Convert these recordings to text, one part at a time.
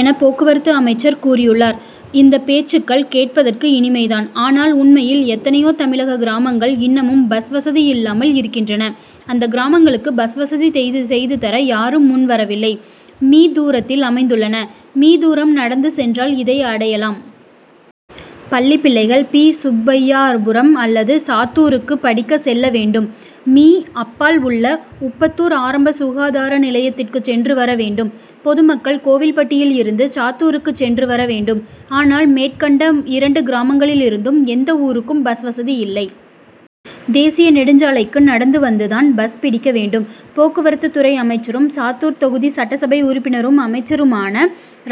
என போக்குவரத்து அமைச்சர் கூறியுள்ளார். இந்த பேச்சுக்கள் கேட்பதற்கு இனிமை தான். ஆனால் உண்மையில் எத்தனையோ தமிழக கிராமங்கள் இன்னமும் பஸ் வசதி இல்லாமல் இருக்கின்றன. அந்த கிராமங்களுக்கு பஸ் வசதி செய்து தர யாரும் முன் வரவில்லை. மீ. தூரத்தில் அமைந்துள்ளன. மீ. தூரம் நடந்து சென்றால் இதை அடையலாம். பள்ளி பிள்ளைகள் பி. சுப்பையாபுரம் அல்லது சாத்தூருக்கு படிக்க செல்ல வேண்டும். மீ. அப்பால் உள்ள உப்பத்தூர் ஆரம்ப சுகாதார நிலையத்திற்கு சென்று வர வேண்டும். பொதுமக்கள் கோவில்பட்டியில் இருந்து சாத்தூருக்கு சென்று வர வேண்டும். ஆனால் மேற்கண்ட இரண்டு கிராமங்களிலிருந்தும் எந்த ஊருக்கும் பஸ் வசதி இல்லை. தேசிய நெடுஞ்சாலைக்கு நடந்து வந்து தான் பஸ் பிடிக்க வேண்டும். போக்குவரத்து துறை அமைச்சரும் சாத்தூர் தொகுதி சட்டசபை உறுப்பினரும் அமைச்சருமான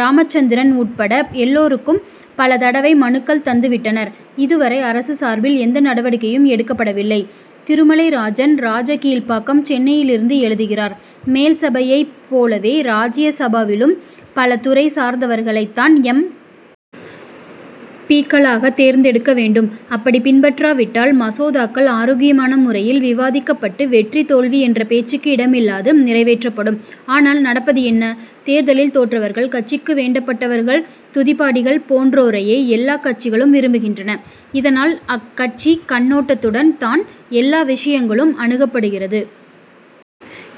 ராமச்சந்திரன் உட்பட எல்லாருக்கும் பல தடவை மனுக்கள் தந்து விட்டனர். இதுவரை அரசு சார்பில் எந்த நடவடிக்கையும் எடுக்கப்படவில்லை. திருமலைராஜன் ராஜகீழ்பாக்கம் சென்னையிலிருந்து எழுதுகிறார் மேல்சபையைப் போலவே ராஜ்யசபாவிலும் பல துறை சார்ந்தவர்களைத் தான் எம். பி.க்களாகத் தேர்ந்தெடுக்க வேண்டும். அப்படி பின்பற்றப்பட்டால் மசோதாக்கள் ஆரோக்கியமான முறையில் விவாதிக்கப்பட்டு வெற்றி தோல்வி என்ற பேச்சுக்கு இடமில்லாது நிறைவேற்றப்படும். ஆனால் நடப்பது என்ன. தேர்தலில் தோற்றவர்கள் கட்சிக்கு வேண்டப்பட்டவர்கள் துதிபாடிகள் போன்றோரையே எல்லா கட்சிகளும் விரும்புகின்றன. இதனால் கட்சிக் கண்ணோட்டத்துடன் தான் எல்லா விஷயங்களும் அணுகப்படுகிறது.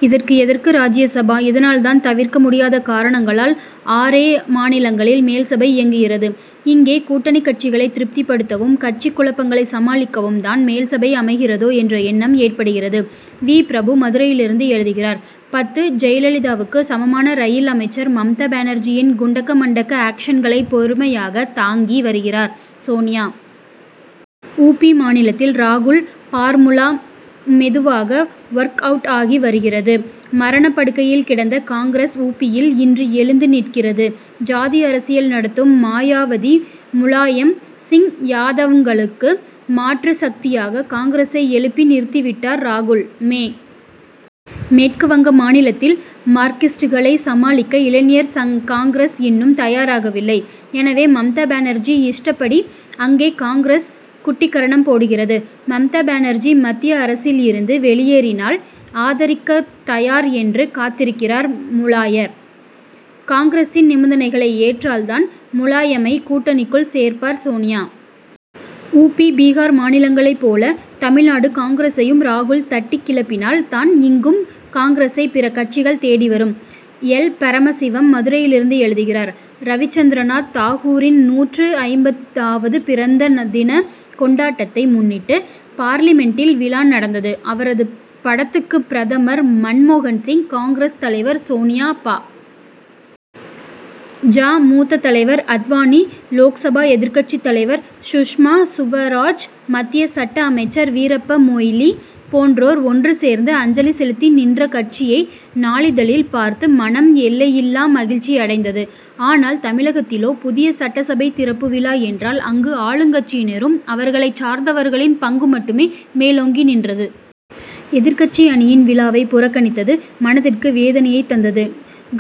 இதற்கு எதற்கு ராஜ்யசபா. இதனால் தான் தவிர்க்க முடியாத காரணங்களால் ஆறே மாநிலங்களில் மேல்சபை இயங்குகிறது. இங்கே கூட்டணிக் கட்சிகளை திருப்திப்படுத்தவும் கட்சிக் குழப்பங்களை சமாளிக்கவும் தான் மேல்சபை அமைகிறதோ என்ற எண்ணம் ஏற்படுகிறது. வி. பிரபு மதுரையிலிருந்து எழுதுகிறார் பத்து ஜெயலலிதாவுக்கு சமமான ரயில் அமைச்சர் மம்தா பானர்ஜியின் குண்டக்க மண்டக்க ஆக்ஷன்களை பொறுமையாக தாங்கி வருகிறார் சோனியா. உ. பி. மாநிலத்தில் ராகுல் பார்முலா மெதுவாக ஒர்க் அவுட் ஆகி வருகிறது. மரணப் படுக்கையில் கிடந்த காங்கிரஸ் உ. பி.யில் இன்று எழுந்து நிற்கிறது. ஜாதி அரசியல் நடத்தும் மாயாவதி முலாயம் சிங் யாதவ்களுக்கு மாற்று சக்தியாக காங்கிரசை எழுப்பி நிறுத்திவிட்டார் ராகுல். மே. வங்க மாநிலத்தில் மார்க்சிஸ்ட்டுகளை சமாளிக்க இளைஞர் காங்கிரஸ் இன்னும் தயாராகவில்லை. எனவே மம்தா பானர்ஜி இஷ்டப்படி அங்கே காங்கிரஸ் குட்டிக்கரணம் போடுகிறது. மம்தா பானர்ஜி மத்திய அரசில் இருந்து வெளியேறினால் ஆதரிக்கத் தயார் என்று காத்திருக்கிறார் முலாயம். காங்கிரசின் நிபந்தனைகளை ஏற்றால் தான் முலாயமை கூட்டணிக்குள் சேர்ப்பார் சோனியா. உ. பி. பீகார் மாநிலங்களை போல தமிழ்நாடு காங்கிரசையும் ராகுல் தட்டி கிளப்பினால் தான் இங்கும் காங்கிரசை பிற கட்சிகள் தேடி வரும். எல். பரமசிவம் மதுரையிலிருந்து எழுதுகிறார் ரவிந்திரநாத் தாகூரின் நூற்று ஐம்பதாவது பிறந்த தின கொண்டாட்டத்தை முன்னிட்டு பார்லிமென்டில் விழா நடந்தது. அவரது படத்துக்கு பிரதமர் மன் மோகன்சிங் காங்கிரஸ் தலைவர் சோனியா பா. ஜ. மூத்த தலைவர் அத்வானி லோக்சபா எதிர்க்கட்சி தலைவர் சுஷ்மா சுவராஜ் மத்திய சட்ட அமைச்சர் வீரப்ப மொய்லி போன்றோர் ஒன்று சேர்ந்து அஞ்சலி செலுத்தி நின்ற காட்சியை நாளிதழில் பார்த்து மனம் எல்லையில்லா மகிழ்ச்சி அடைந்தது. ஆனால் தமிழகத்திலோ புதிய சட்டசபை திறப்பு விழா என்றால் அங்கு ஆளுங்கட்சியினரும் அவர்களைச் சார்ந்தவர்களின் பங்கு மட்டுமே மேலோங்கி நின்றது. எதிர்க்கட்சி அணியின் விழாவை புறக்கணித்தது மனதிற்கு வேதனையைத் தந்தது.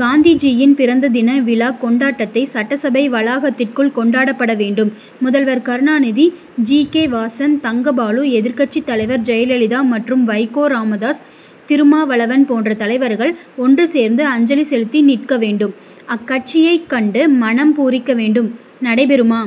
காந்திஜியின் பிறந்த தின விழா கொண்டாட்டத்தை சட்டசபை வளாகத்திற்குள் கொண்டாடப்பட வேண்டும். முதல்வர் கருணாநிதி ஜி. கே. வாசன் தங்கபாலு எதிர்க்கட்சி தலைவர் ஜெயலலிதா மற்றும் வைகோ ராமதாஸ் திருமாவளவன் போன்ற தலைவர்கள் ஒன்று சேர்ந்து அஞ்சலி செலுத்தி நிற்க வேண்டும். அக்காட்சியை கண்டு மனம் பூரிக்க வேண்டும். நடைபெறுமா?